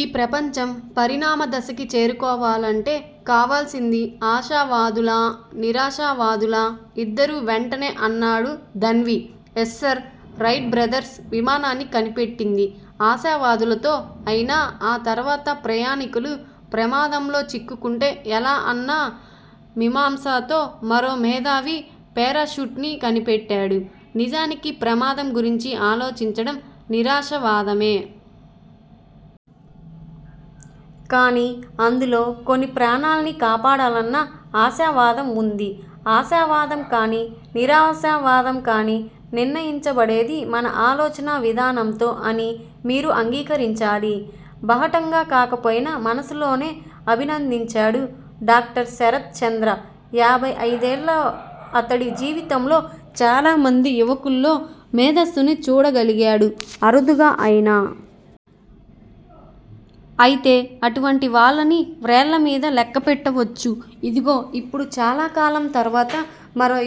ఈ ప్రపంచం పరిణామ దశకి చేరుకోవాలంటే కావాల్సింది అశావాదులా, నిరాశావాదులా? ఇద్దరూ వెంటనే అన్నాడు ధన్వి. యస్సర్! రైట్ బ్రదర్స్ విమానాన్ని కనిపెట్టింది అశావాదులతో అయినా ఆ తర్వాత ప్రయాణికులు ప్రమాదంలో చిక్కుకుంటే ఎలా అన్న మిమాంసతో మరో మేధావి పేరాసూట్ ని కనిపెట్టాడు నిజానికి ప్రమాదం గురించి ఆలోచించడం నిరాశావాదమే. కానీ అందులో కొన్ని ప్రాణాల్ని కాపాడాలన్న ఆశావాదం వుంది ఆశావాదం కానీ నిరాశావాదం కానీ నిర్ణయించబడేది మన ఆలోచనా విధానంతో అని మీరు అంగికరించాలి. బహాటంగా కాకపోయినా మనసులోనే అభినందించాడు డాక్టర్ శరత్ చంద్ర ఏభై అయిదేళ్ళ అతడి జీవితంలో చాలా మంది యువకుల్లో మేధస్సుని చూడగలిగాడు అరుదుగా అయినా. అయితే అటువంటి వాళ్ళని వ్రేళ్ళ మీద లెక్కపెట్టవచ్చు ఇదిగో యిప్పుడు చాలా కాలం తర్వాత మరో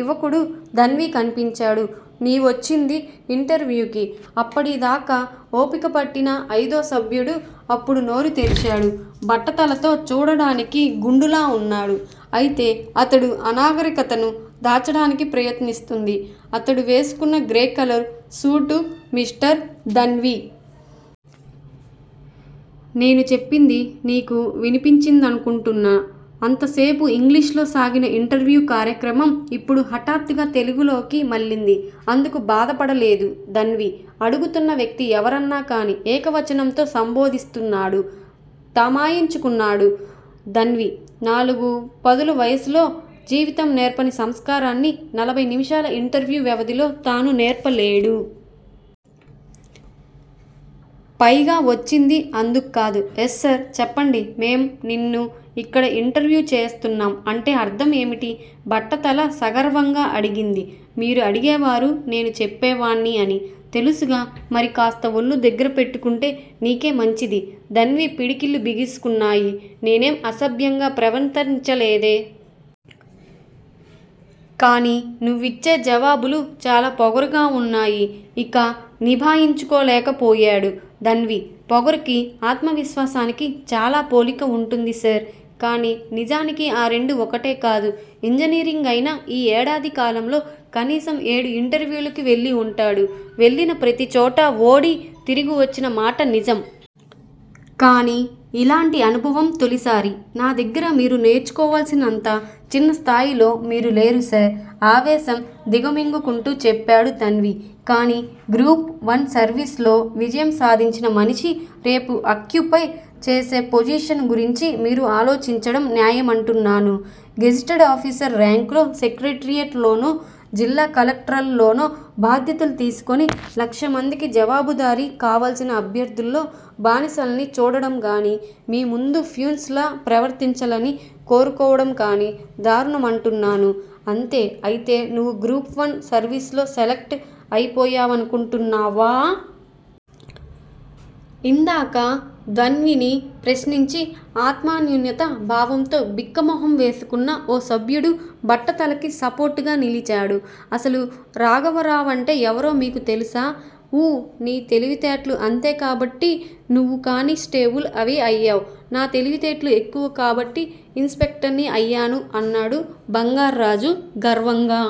యువకుడు ధన్వి కనిపించాడు. నీవొచ్చింది ఇంటర్వ్యూ కి అప్పటి దాకా ఓపికపట్టిన అయిదో సభ్యుడు అప్పుడు నోరు తెరిచాడు బట్టతలతో చూడటానికి గుండాలా వున్నాడు. అయితే అతడు అనాగరికతని దాచటానికి ప్రయత్నిస్తుంది ఆతడు వేసుకున్న grey colour suit mister Dhanvi. నేను చెప్పింది నీకు వినిపించిందనుకుంటను. అంతసేపు ఇంగ్లీషులో సాగిన ఇంటర్వ్యూ కార్యక్రమం యిప్పుడు హటాత్తుగా తెలుగులోకి మళ్ళింది. అందుకు బాధపడలేదు ధన్వి. అడుగుతున్న వ్యక్తీ ఎవరన్నా కానీ ఏకవచనంతో సంభోదిస్తున్నాడు. తమాయించుకున్నాడు ధన్వి. నాలుగు పదుల వయసులో, జీవితం నేర్పని సంస్కారాన్ని నలబై నిమిషాల ఇంటర్వ్యూ వ్యవధిలో తాను నేర్పలేడు. పైగా వచ్చింది అందుక్కాదు. యస్సర్, చెప్పండి మేం నిన్ను యిక్కడ యింటర్వ్యు చేస్తున్నాం అంటే అర్ధం ఏమిటి? బట్టతల సగర్వంగా అడిగింది. మీరు అడిగేవారు, నేను చెప్పేవాడ్ని అని. తెలుసుగా మరి కాస్త ఒళ్ళు దగ్గర పెట్టుకుంటే నీకే మంచిది ధన్వి పిడికిళ్ళు బిగిసుకున్నాయి. నేనేం అసభ్యంగా ప్రవతచలేదే! కానీ నువ్విచ్చే జవాబులు చాలా పొగరుగా వున్నాయి. ఇక నిభాయించుకోలేకపోయాడు ధన్వి. పొగరుకి, ఆత్మ విశ్వాసానికి చాలా పోలిక వుంటుంది సర్. కానీ నిజానికి ఆ రెండు ఒకటే కాదు ఇంజనీరింగ్ అయిన యీ ఏడాదికాలంలో కనీసం ఏడు ఇంటర్వ్యూలకి వెళ్ళి వుంటాడు. వెళ్ళిన ప్రతిచోట ఓడి తిరిగొచ్చిన మాట నిజం. కాని యిలాంటి అనుభవం తొలిసారి. నా దగ్గర మీరు నేర్చుకోవాల్సినంత చిన్నస్థాయిలో మీరు లేరు సర్ ఆవేశం దిగమింగుకుంటూ చెప్పాడు ధన్వి. కానీ గ్రూప్ వన్ సర్విస్ లో విజయం సాధించిన మనిషి రేపు అక్యుపై చేసే పొజిషన్ గురించి మీరు ఆలోచించడం న్యాయమంటున్నాను గెజిటెడ్ ఆఫీసర్ ర్యాంక్ లో సెక్రటేరియట్ లోనో, జిల్లా కలెక్టరేట్ లోనో బాధ్యతలు తీసుకుని లక్షమందికి జవాబుదారి కావలసిన అభ్యర్ధిల్లో బానిసల్ని చూడడంగానీ, మీ ముందు ఫ్యున్స్ లా ప్రవర్తించలని కోరుకోవడంగానీ దారుణమంటున్నాను అంతే అయితే నువ్వు గ్రూప్ వన్ సర్వీసులో సెలెక్ట్ అయిపోయావనుకుంటున్నావా? ఇందాక ధన్విని ప్రశ్నించి ఆత్మన్యూనతా భావంతో బిక్కమొహం వేసుకున్న ఓ సభ్యుడు బట్టతలకి సపోర్టుగా నిలిచాడు అసలు రాఘవరావంటే ఎవరో నీకు తెలుసా? ఊ ని తెలివితేట్లు అంతే కాబట్టి నువ్వు కాని స్టేబుల్ వి అయ్యావ్. నా తెలివితేట్లు ఎక్కువ కాబట్టి ఇన్ స్పెక్టర్ ని అయ్యాను అన్నాడు బంగార్రాజు గర్వంగా.